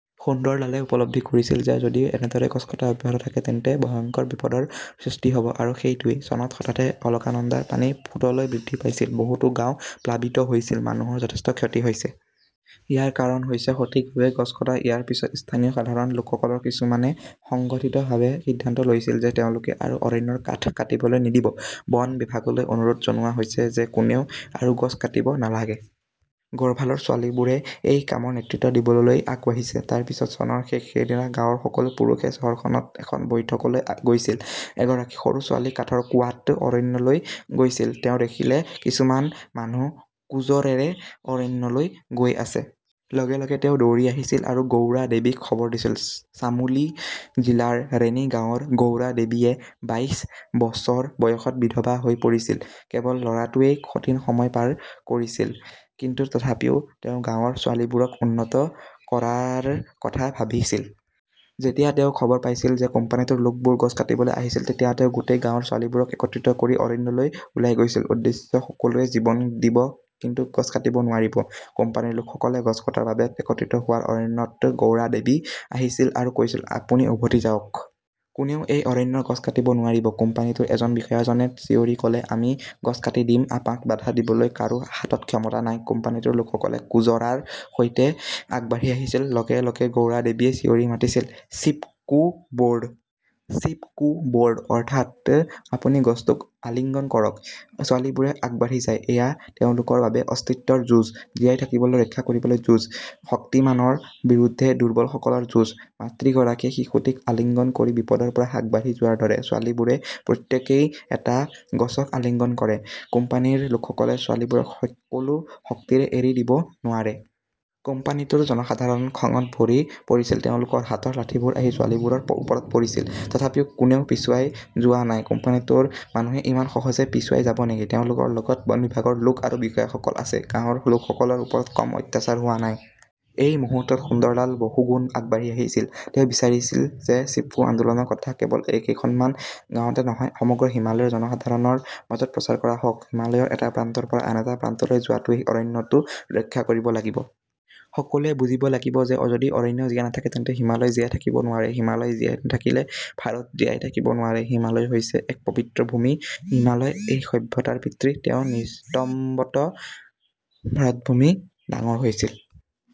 সুন্দৰলালে উপলব্ধি কৰিছিল যে যদি এনেদৰে গছ কটা অব্যাহত থাকে, তেন্তে ভয়ংকৰ বিপদৰ সৃষ্টি হ 'ব। আৰু সেইটোৱেই। চনত হঠাতে অলকানন্দাৰ পানী ফুটলৈ বৃদ্ধি পাইছিল। বহুতো গাঁও প্লাবিত হৈছিল। মানুহৰ যথেষ্ট ক্ষতি হৈছে। ইয়াৰ কাৰণ হৈছে সঠিকভাৱে গছ কটা। ইয়াৰ পিছত স্থানীয় সাধাৰণ লোকসকলৰ কিছুমানে সংগঠিতভাৱে সিদ্ধান্ত লৈছিল যে তেওঁলোকে আৰু অৰণ্যৰ কাঠ কাটিবলৈ নিদিব। বন বিভাগলৈ অনুৰোধ জনোৱা হৈছে যে কোনেও আৰু গছ কাটিব নালাগে। গৰ্ভালৰ ছোৱালীবোৰে এই কামৰ নেতৃত্ব দিবলৈ আগবাঢ়িছে। তাৰ পিছত চনৰ শেষ। সেইদিনা গাঁৱৰ সকলো পুৰুষে চহৰখনত এখন বৈঠকলৈ গৈছিল। এগৰাকী সৰু ছোৱালী কাঠৰ কুঁৱাত অৰণ্যলৈ গৈছিল। তেওঁ দেখিলে কিছুমান মানুহ কুঁজৰেৰে অৰণ্যলৈ গৈ আছে। লগে - লগে তেওঁ দৌৰি আহিছিল আৰু গৌৰা দেৱীক খবৰ দিছিল। চামোলি জিলাৰ ৰেনী গাঁৱৰ গৌৰা দেৱীয়ে বাইশ বছৰ বয়সত বিধৱা হৈ পৰিছিল। কেৱল ল'ৰাটোৱেই কঠিন সময় পাৰ কৰিছিল, কিন্তু তথাপিও তেওঁ গাঁৱৰ ছোৱালীবোৰক উন্নত কৰাৰ কথা ভাবিছিল। যেতিয়া তেওঁ খবৰ পাইছিল যে কোম্পানীটোৰ লোকবোৰ গছ কাটিবলৈ আহিছিল, তেতিয়া তেওঁ গোটেই গাঁৱৰ ছোৱালীবোৰক একত্ৰিত কৰি অৰণ্যলৈ ওলাই গৈছিল। উদ্দেশ্য সকলোৱে জীৱন দিব কিন্তু গছ কাটিব নোৱাৰিব। কোম্পানীৰ লোকসকলে গছ কটাৰ বাবে একত্ৰিত হোৱা অৰণ্যত গৌৰা দেৱী আহিছিল আৰু কৈছিল, আপুনি উভতি যাওক। কোনেও এই অৰণ্যৰ গছ কাটিব নোৱাৰিব। কোম্পানীটোৰ এজন বিষয়াজনে চিঞৰি ক'লে আমি গছ কাটি দিম। আমাক বাধা দিবলৈ কাৰো হাতত ক্ষমতা নাই। কোম্পানীটোৰ লোকসকলে কুঁজৰাৰ সৈতে আগবাঢ়ি আহিছিল। লগে লগে গৌৰাদেৱীয়ে চিঞৰি মাতিছিল-চিপ কো বৰ্ড। চিপ কো বৰ্ড। অৰ্থাৎ, আপুনি গছটোক আলিঙ্গন কৰক। ছোৱালীবোৰে আগবাঢ়ি যায়। এয়া তেওঁলোকৰ বাবে অস্তিত্বৰ যুঁজ। জীয়াই থাকিবলৈ, ৰক্ষা কৰিবলৈ যুঁজ। শক্তিমানৰ বিৰুদ্ধে দুৰ্বলসকলৰ যুঁজ। মাতৃগৰাকীয়ে শিশুটিক আলিঙ্গন কৰি বিপদৰ পৰা আগবাঢ়ি যোৱাৰ দৰে, ছোৱালীবোৰে প্ৰত্যেকেই এটা গছক আলিঙ্গন কৰে, কোম্পানীৰ লোকসকলে ছোৱালীবোৰক সকলো শক্তিৰে এৰি দিব নোৱাৰে। কোম্পানীটোৰ জনসাধাৰণ খঙত ভৰি পৰিছিল। তেওঁলোকৰ হাতৰ লাঠিবোৰ আহি ছোৱালীবোৰৰ ওপৰত পৰিছিল। তথাপিও কোনেও পিছুৱাই যোৱা নাই। কোম্পানীটোৰ মানুহে ইমান সহজে পিছুৱাই যাব নেকি? তেওঁলোকৰ লগত বন বিভাগৰ লোক আৰু বিষয়াসকল আছে। গাঁৱৰ লোকসকলৰ ওপৰত কম অত্যাচাৰ হোৱা নাই। এই মুহূৰ্তত সুন্দৰলাল বহুগুণ আগবাঢ়ি আহিছিল। তেওঁ বিচাৰিছিল যে চিপকো আন্দোলনৰ কথা কেৱল কেইখনমান গাঁৱতে নহয়, সমগ্ৰ হিমালয়ৰ জনসাধাৰণৰ মাজত প্ৰচাৰ কৰা হওক। হিমালয়ৰ এটা প্ৰান্তৰ পৰা আন এটা প্ৰান্তলৈ যোৱাটোৱে অৰণ্যটো ৰক্ষা কৰিব লাগিব। সকলোৱে বুজিব লাগিব যে যদি অৰণ্য জীয়াই নাথাকে তেন্তে হিমালয় জীয়াই থাকিব নোৱাৰে। হিমালয় জীয়াই নাথাকিলে ভাৰত জীয়াই থাকিব নোৱাৰে। হিমালয় হৈছে এক পবিত্ৰ ভূমি। হিমালয় এই সভ্যতাৰ পিতৃ। তেওঁৰ নিতম্বত ভাৰতভূমি ডাঙৰ হৈছিল।